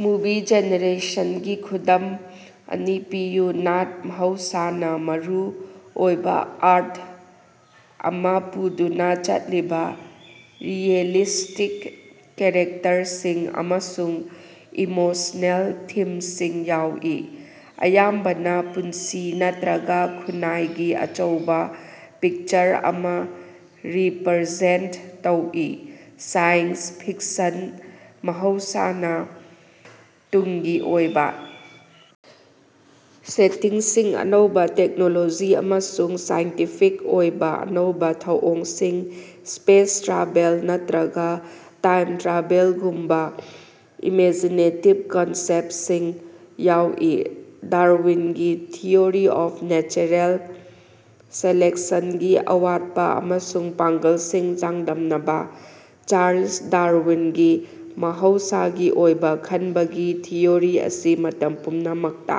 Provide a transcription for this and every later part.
Movie ꯖꯦꯅꯔꯦꯁꯟꯒꯤ ꯈꯨꯗꯝ ꯑꯅꯤ ꯄꯤꯌꯨ꯫ ꯅꯥꯠ ꯃꯍꯧꯁꯥꯅꯥ ꯃꯔꯨ ꯑꯣꯏꯕꯥ ꯑꯔꯊ ꯑꯃꯥ ꯄꯨꯗꯨꯅꯥ ꯆꯠꯂꯤꯕꯥ ꯔꯤꯑꯦꯂꯤꯁ꯭ꯇꯤꯛ ꯀꯦꯔꯦꯛꯇꯔꯁꯤꯡ ꯑꯃꯁꯨꯡ ꯏꯃꯣꯁꯅꯦꯜ ꯊꯤꯝꯁꯤꯡ ꯌꯥꯎꯏ, ꯑꯌꯥꯝꯕꯅꯥ ꯄꯨꯟꯁꯤ ꯅꯠꯇ꯭ꯔꯒꯥ ꯈꯨꯟꯅꯥꯏꯒꯤ ꯑꯆꯧꯕꯥ ꯄꯤꯛꯆꯔ ꯑꯃꯥ ꯔꯤꯞꯔꯖꯦꯟꯇ ꯇꯧꯏ꯫ ꯁꯥꯏꯟꯁ ꯐꯤꯛꯁꯟ ꯃꯍꯧꯁꯥꯅꯥ ꯇꯨꯡꯒꯤ ꯑꯣꯏꯕꯥ ꯁꯦꯇꯤꯡꯁꯤꯡ, ꯑꯅꯧꯕꯥ ꯇꯦꯛꯅꯣꯂꯣꯖꯤ ꯑꯃꯁꯨꯡ ꯁꯥꯏꯟꯇꯤꯐꯤꯛ ꯑꯣꯏꯕꯥ ꯑꯅꯧꯕꯥ ꯊꯧꯑꯣꯡꯁꯤꯡ, ꯁ꯭ꯄꯦꯁ ꯇ꯭ꯔꯥꯚꯦꯜ ꯅꯠꯇ꯭ꯔꯒꯥ ꯇꯥꯏꯝ-ꯇ꯭ꯔꯥꯚꯦꯂꯒꯨꯝꯕꯥ ꯏꯃꯦꯖꯤꯅꯦꯇꯤꯕ ꯀꯟꯁꯦꯞꯇꯁꯤꯡ ꯌꯥꯎꯏ꯫ ꯗꯥꯔꯋꯤꯟꯒꯤ ꯊꯤꯑꯣꯔꯤ ꯑꯣꯐ ꯅꯦꯆꯔꯦꯜ ꯁꯦꯂꯦꯛꯁꯟꯒꯤ ꯑꯋꯥꯠꯄꯥ ꯑꯃꯁꯨꯡ ꯄꯥꯡꯒ꯭ꯜꯁꯤꯡ ꯆꯥꯡꯗꯝꯅꯕꯥ꯫ ꯆꯥꯔꯂꯁ ꯗꯥꯔꯋꯤꯟꯒꯤ ꯃꯍꯧꯁꯥꯒꯤ ꯑꯣꯏꯕꯥ ꯈꯟꯕꯒꯤ ꯊꯤꯑꯣꯔꯤ ꯑꯁꯤ ꯃꯇꯝ ꯄꯨꯝꯅꯃꯛꯇꯥ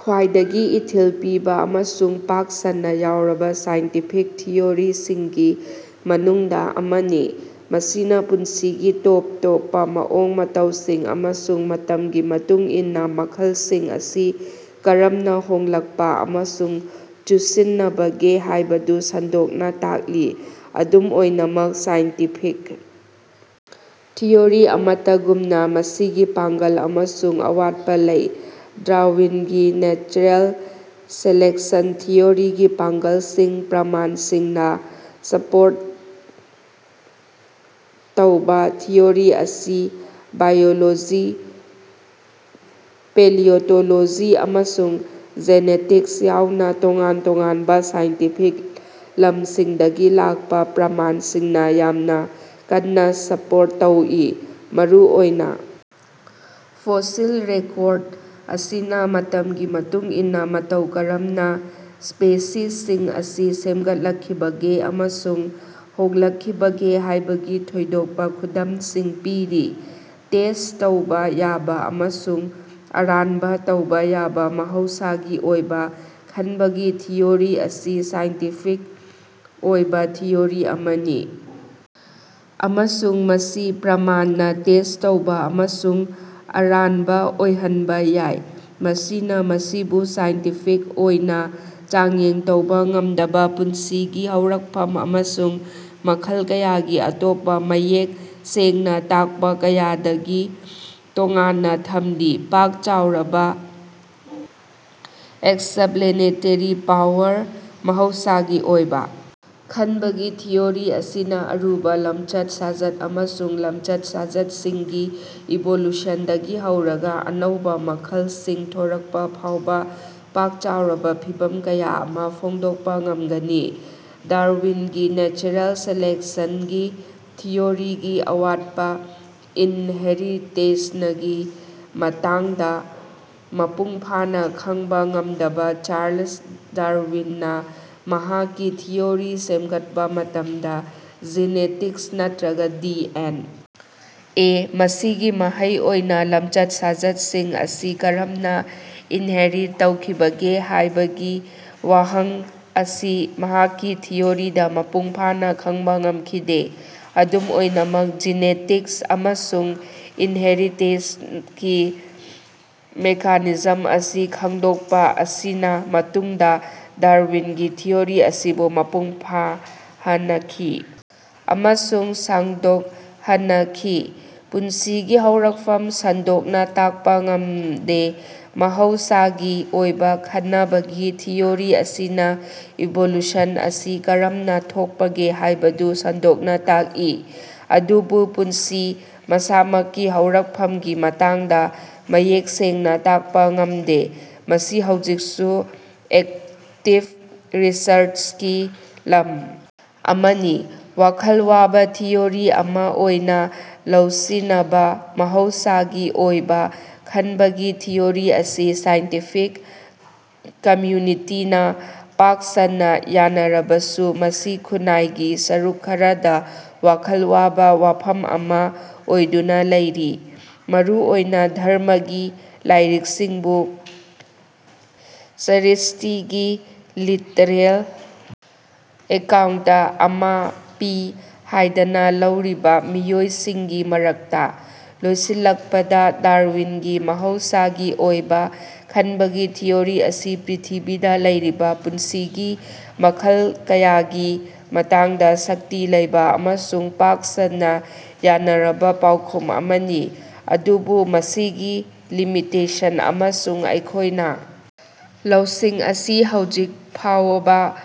ꯈ꯭ꯋꯥꯏꯗꯒꯤ ꯏꯊꯤꯜ ꯄꯤꯕꯥ ꯑꯃꯁꯨꯡ ꯄꯥꯛ ꯁꯟꯅꯥ ꯌꯥꯎꯔꯕꯥ ꯁꯥꯏꯟꯇꯤꯐꯤꯛ ꯊꯤꯑꯣꯔꯤꯁꯤꯡꯒꯤ ꯃꯅꯨꯡꯗꯥ ꯑꯃꯅꯤ, ꯃꯁꯤꯅꯥ ꯄꯨꯟꯁꯤꯒꯤ ꯇꯣꯞ ꯇꯣꯞꯄꯥ ꯃꯑꯣꯡ ꯃꯇꯧꯁꯤꯡ ꯑꯃꯁꯨꯡ ꯃꯇꯝꯒꯤ ꯃꯇꯨꯡ ꯏꯟꯅꯥ ꯃꯈꯜꯁꯤꯡ ꯑꯁꯤ ꯀꯔꯝꯅꯥ ꯍꯣꯡꯂꯛꯄꯥ ꯑꯃꯁꯨꯡ ꯆꯨꯁꯤꯟꯅꯕꯒꯦ ꯍꯥꯏꯕꯗꯨ ꯁꯟꯗꯣꯛꯅꯥ ꯇꯥꯛꯂꯤ꯫ ꯑꯗꯨꯝ ꯑꯣꯏꯅꯃꯛ ꯁꯥꯏꯟꯇꯤꯐꯤꯛ ꯊꯤꯑꯣꯔꯤ ꯑꯃꯠꯇꯒꯨꯝꯅꯥ ꯃꯁꯤꯒꯤ ꯄꯥꯡꯒ꯭ꯜ ꯑꯃꯁꯨꯡ ꯑꯋꯥꯠꯄꯥ ꯂꯩ꯫ ꯗꯥꯔꯋꯤꯟꯒꯤ ꯅꯦꯆꯔꯦꯜ ꯁꯦꯂꯦꯛꯁꯟ ꯊꯤꯑꯣꯔꯤꯒꯤ ꯄꯥꯡ꯭ꯒꯜꯁꯤꯡ ꯄ꯭ꯔꯃꯥꯟꯁꯤꯡꯅꯥ ꯁꯄꯣꯔꯠ ꯇꯧꯕꯥ ꯊꯤꯑꯣꯔꯤ ꯑꯁꯤ ꯕꯥꯏꯑꯣꯂꯣꯖꯤ, ꯄꯦꯂꯤꯑꯣꯟꯇꯣꯂꯣꯖꯤ, ꯑꯃꯁꯨꯡ ꯖꯦꯅꯦꯇꯤꯛꯁ ꯌꯥꯎꯅꯥ ꯇꯣꯉꯥꯟ ꯇꯣꯉꯥꯟꯕꯥ ꯁꯥꯏꯟꯇꯤꯐꯤꯛ ꯂꯝꯁꯤꯡꯗꯒꯤ ꯂꯥꯛꯄꯥ ꯄ꯭ꯔꯃꯥꯟꯁꯤꯡꯅꯥ ꯌꯥꯝꯅꯥ ꯀꯟꯅꯥ ꯁꯄꯣꯔꯠ ꯇꯧꯏ꯫ ꯃꯔꯨꯑꯣꯏꯅꯥ ꯐꯣꯁꯤꯜ ꯔꯦꯀꯣꯔꯗ ꯑꯁꯤꯅꯥ ꯃꯇꯝꯒꯤ ꯃꯇꯨꯡ ꯏꯟꯅꯥ ꯃꯇꯧ ꯀꯔꯝꯅꯥ ꯁ꯭ꯄꯦꯁꯤꯁꯁꯤꯡ ꯑꯁꯤ ꯁꯦꯝꯒꯠꯂꯛꯈꯤꯕꯒꯦ ꯑꯃꯁꯨꯡ ꯍꯣꯡꯂꯛꯈꯤꯕꯒꯦ ꯍꯥꯏꯕꯒꯤ ꯊꯣꯏꯗꯣꯛꯄꯥ ꯈꯨꯗꯝꯁꯤꯡ ꯄꯤꯔꯤ꯫ ꯇꯦꯁ꯭ꯠ ꯇꯧꯕ ꯌꯥꯕ ꯑꯃꯁꯨꯡ ꯑꯔꯥꯟꯕ ꯇꯧꯕ ꯌꯥꯕ ꯃꯍꯧꯁꯥꯒꯤ ꯑꯣꯏꯕ ꯈꯟꯕꯒꯤ ꯊꯤꯑꯣꯔꯤ ꯑꯁꯤ ꯁꯥꯏꯟꯇꯤꯐꯤꯛ ꯑꯣꯏꯕ ꯊꯤꯑꯣꯔꯤ ꯑꯃꯅꯤ ꯑꯃꯁꯨꯡ ꯃꯁꯤ ꯄ꯭ꯔꯃꯥꯟꯅꯥ ꯇꯦꯁ꯭ꯠ ꯇꯧꯕ ꯑꯃꯁꯨꯡ ꯑꯔꯥꯟꯕꯥꯑꯣꯏꯍꯟꯕ ꯌꯥꯏ꯫ ꯃꯁꯤꯅꯥ ꯃꯁꯤꯕꯨ ꯁꯥꯏꯟꯇꯤꯐꯤꯛ ꯑꯣꯏꯅ ꯆꯥꯡꯌꯦꯡ ꯇꯧꯕ ꯉꯝꯗꯕꯥ ꯄꯨꯟꯁꯤꯒꯤ ꯍꯧꯔꯛꯐꯝ ꯑꯃꯁꯨꯡ ꯃꯈꯜ ꯀꯌꯥꯒꯤ ꯑꯇꯣꯞꯄꯥ ꯃꯌꯦꯛ ꯁꯦꯡꯅꯥ ꯇꯥꯛꯄꯥ ꯀꯌꯥꯗꯒꯤ ꯇꯣꯉꯥꯟꯅꯥ ꯊꯝꯂꯤ꯫ ꯄꯥꯛ ꯆꯥꯎꯔꯕꯥ ꯑꯦꯛꯁꯞꯂꯦꯅꯦꯇꯦꯔꯤ ꯄꯥꯋꯔ ꯃꯍꯧꯁꯥꯒꯤ ꯑꯣꯏꯕꯥ ꯈꯟꯕꯒꯤ ꯊꯤꯑꯣꯔꯤ ꯑꯁꯤꯅꯥ ꯑꯔꯨꯕꯥ ꯂꯝꯆꯠ ꯁꯥꯖꯠ ꯑꯃꯁꯨꯡ ꯂꯝꯆꯠ-ꯁꯥꯖꯠꯁꯤꯡꯒꯤ ꯏꯚꯣꯂꯨꯁꯟꯗꯒꯤ ꯍꯧꯔꯒꯥ ꯑꯅꯧꯕꯥ ꯃꯈꯜꯁꯤꯡ ꯊꯣꯔꯛꯄ ꯐꯥꯎꯕꯥ ꯄꯥꯛ ꯆꯥꯎꯔꯕꯥ ꯐꯤꯚꯝ ꯀꯌꯥ ꯑꯃꯥ ꯐꯣꯡꯗꯣꯛꯄꯥ ꯉꯝꯒꯅꯤ꯫ ꯗꯥꯔꯋꯤꯟꯒꯤ ꯅꯦꯆꯔꯦꯜ ꯁꯦꯂꯦꯛꯁꯟꯒꯤ ꯊꯤꯑꯣꯔꯤꯒꯤ ꯑꯋꯥꯠꯄꯥ ꯏꯟꯍꯦꯔꯤꯇꯦꯁꯅꯒꯤ ꯃꯇꯥꯡꯗꯥ ꯃꯄꯨꯡ ꯐꯥꯅꯥ ꯈꯪꯕꯥ ꯉꯝꯗꯕꯥ ꯆꯥꯔꯂꯁ ꯗꯥꯔꯋꯤꯟꯅꯥ ꯃꯍꯥꯛꯀꯤ ꯊꯤꯑꯣꯔꯤ ꯁꯦꯝꯒꯠꯄꯥ ꯃꯇꯝꯗ ꯖꯤꯅꯦꯇꯤꯛꯁ ꯅꯠꯇ꯭ꯔꯒ ꯗꯤ.ꯑꯦꯟ. ꯑꯦ. ꯃꯁꯤꯒꯤ ꯃꯍꯩ ꯑꯣꯏꯅꯥ ꯂꯝꯆꯠ-ꯁꯥꯖꯠꯁꯤꯡ ꯑꯁꯤ ꯀꯔꯝꯅꯥ ꯏꯟꯍꯦꯔꯤ ꯇꯧꯈꯤꯕꯒꯦ ꯍꯥꯏꯕꯒꯤ ꯋꯥꯍꯪ ꯑꯁꯤ ꯃꯍꯥꯛꯀꯤ ꯊꯤꯑꯣꯔꯤꯗꯥ ꯃꯄꯨꯡ ꯐꯥꯅꯥ ꯈꯪꯕꯥ ꯉꯃꯈꯤꯗꯦ꯫ ꯑꯗꯨꯝ ꯑꯣꯏꯅꯃꯛ, ꯖꯤꯅꯦꯇꯤꯛꯁ ꯑꯃꯁꯨꯡ ꯏꯟꯍꯦꯔꯤꯇꯦꯁꯅꯒꯤ ꯃꯦꯀꯥꯅꯤꯖꯝ ꯑꯁꯤ ꯈꯪꯗꯣꯛꯄꯥ ꯑꯁꯤꯅꯥ ꯃꯇꯨꯡꯗꯥ ꯗꯥꯔꯋꯤꯟꯒꯤ ꯊꯤꯑꯣꯔꯤ ꯑꯁꯤꯕꯨ ꯃꯄꯨꯡ ꯐꯥꯍꯅꯈꯤ ꯑꯃꯁꯨꯡ ꯁꯥꯡꯗꯣꯛꯍꯅꯈꯤ꯫ ꯄꯨꯟꯁꯤꯒꯤ ꯍꯧꯔꯛꯐꯝ ꯁꯟꯗꯣꯛꯅꯥ ꯇꯥꯛꯄꯥ ꯉꯃꯗꯦ ꯃꯍꯧꯁꯥꯒꯤ ꯑꯣꯏꯕꯥ ꯈꯅꯕꯒꯤ ꯊꯤꯑꯣꯔꯤ ꯑꯁꯤꯅꯥ ꯏꯚ꯭ꯣꯂꯨꯁꯟ ꯑꯁꯤ ꯀꯔꯝꯅꯥ ꯊꯣꯛꯄꯒꯦ ꯍꯥꯏꯕꯗꯨ ꯁꯟꯗꯣꯛꯅꯥ ꯇꯥꯛꯏ ꯑꯗꯨꯕꯨ ꯄꯨꯟꯁꯤ ꯃꯁꯥꯃꯛꯀꯤ ꯍꯧꯔꯛꯐꯝꯒꯤ ꯃꯇꯥꯡꯗꯥ ꯃꯌꯦꯛ ꯁꯦꯡꯅꯥ ꯇꯥꯛꯄꯥ ꯉꯝꯗꯦ꯫ ꯃꯁꯤ ꯍꯧꯖꯤꯛꯁꯨ ꯑꯦꯛꯇꯤꯕ ꯔꯤꯁꯔꯆꯀꯤ ꯂꯝ ꯑꯃꯅꯤ꯫ ꯋꯥꯈꯜ ꯋꯥꯕꯥ ꯊꯤꯑꯣꯔꯤ ꯑꯃꯥ ꯑꯣꯏꯅꯥ ꯂꯧꯁꯤꯅꯕꯥ ꯃꯍꯧꯁꯥꯒꯤ ꯑꯣꯏꯕꯥ ꯈꯟꯕꯒꯤ ꯊꯤꯑꯣꯔꯤ ꯑꯁꯤ ꯁꯥꯏꯟꯇꯤꯐꯤꯛ ꯀꯝꯌꯨꯅꯤꯇꯤꯅꯥ ꯄꯥꯛ ꯁꯟꯅꯥ ꯌꯥꯅꯔꯕꯁꯨ, ꯃꯁꯤ ꯈꯨꯟꯅꯥꯏꯒꯤ ꯁꯔꯨꯛ ꯈꯔꯗꯥ ꯋꯥꯈꯜ ꯋꯥꯕ ꯋꯥꯐꯝ ꯑꯃꯥ ꯑꯣꯏꯗꯨꯅꯥ ꯂꯩꯔꯤ, ꯃꯔꯨ ꯑꯣꯏꯅꯥ ꯙꯔꯝꯃꯒꯤ ꯂꯥꯏꯔꯤꯛꯁꯤꯡꯕꯨ ꯁ꯭ꯔ꯭ꯏꯁ꯭ꯇꯤꯒꯤ ꯂꯤꯇꯔꯜ ꯑꯦꯀꯥꯎꯟꯇ ꯑꯃꯥ ꯄꯤ ꯍꯥꯏꯗꯅ ꯂꯧꯔꯤꯕꯥ ꯃꯤꯑꯣꯏꯁꯤꯡꯒꯤ ꯃꯔꯛꯇꯥ꯫ ꯂꯣꯏꯁꯤꯜꯂꯛꯄꯗꯥ, ꯗꯥꯔꯋꯤꯟꯒꯤ ꯃꯍꯧꯁꯥꯒꯤ ꯑꯣꯏꯕꯥ ꯈꯟꯕꯒꯤ ꯊꯤꯑꯣꯔꯤ ꯑꯁꯤ ꯄ꯭ꯔ꯭ꯤꯊꯤꯕꯤꯗꯥ ꯂꯩꯔꯤꯕꯥ ꯄꯨꯟꯁꯤꯒꯤ ꯃꯈꯜ ꯀꯌꯥꯒꯤ ꯃꯇꯥꯡꯗꯥ ꯁꯛꯇꯤ ꯂꯩꯕ ꯑꯃꯁꯨꯡ ꯄꯥꯛ ꯁꯟꯅꯥ ꯌꯥꯅꯔꯕꯥ ꯄꯥꯎꯈꯨꯝ ꯑꯃꯅꯤ, ꯑꯗꯨꯕꯨ ꯃꯁꯤꯒꯤ ꯂꯤꯃꯤꯇꯦꯁꯟ ꯑꯃꯁꯨꯡ ꯑꯩꯈꯣꯏꯒꯤ ꯂꯧꯁꯤꯡ ꯑꯁꯤ ꯍꯧꯖꯤꯛ ꯐꯥꯑꯣꯕꯥ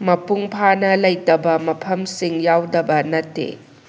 ꯃꯄꯨꯡ ꯐꯥꯅꯥ ꯂꯩꯇꯕꯥ ꯃꯐꯝꯁꯤꯡ ꯌꯥꯎꯗꯕꯥ ꯅꯠꯇꯦ꯫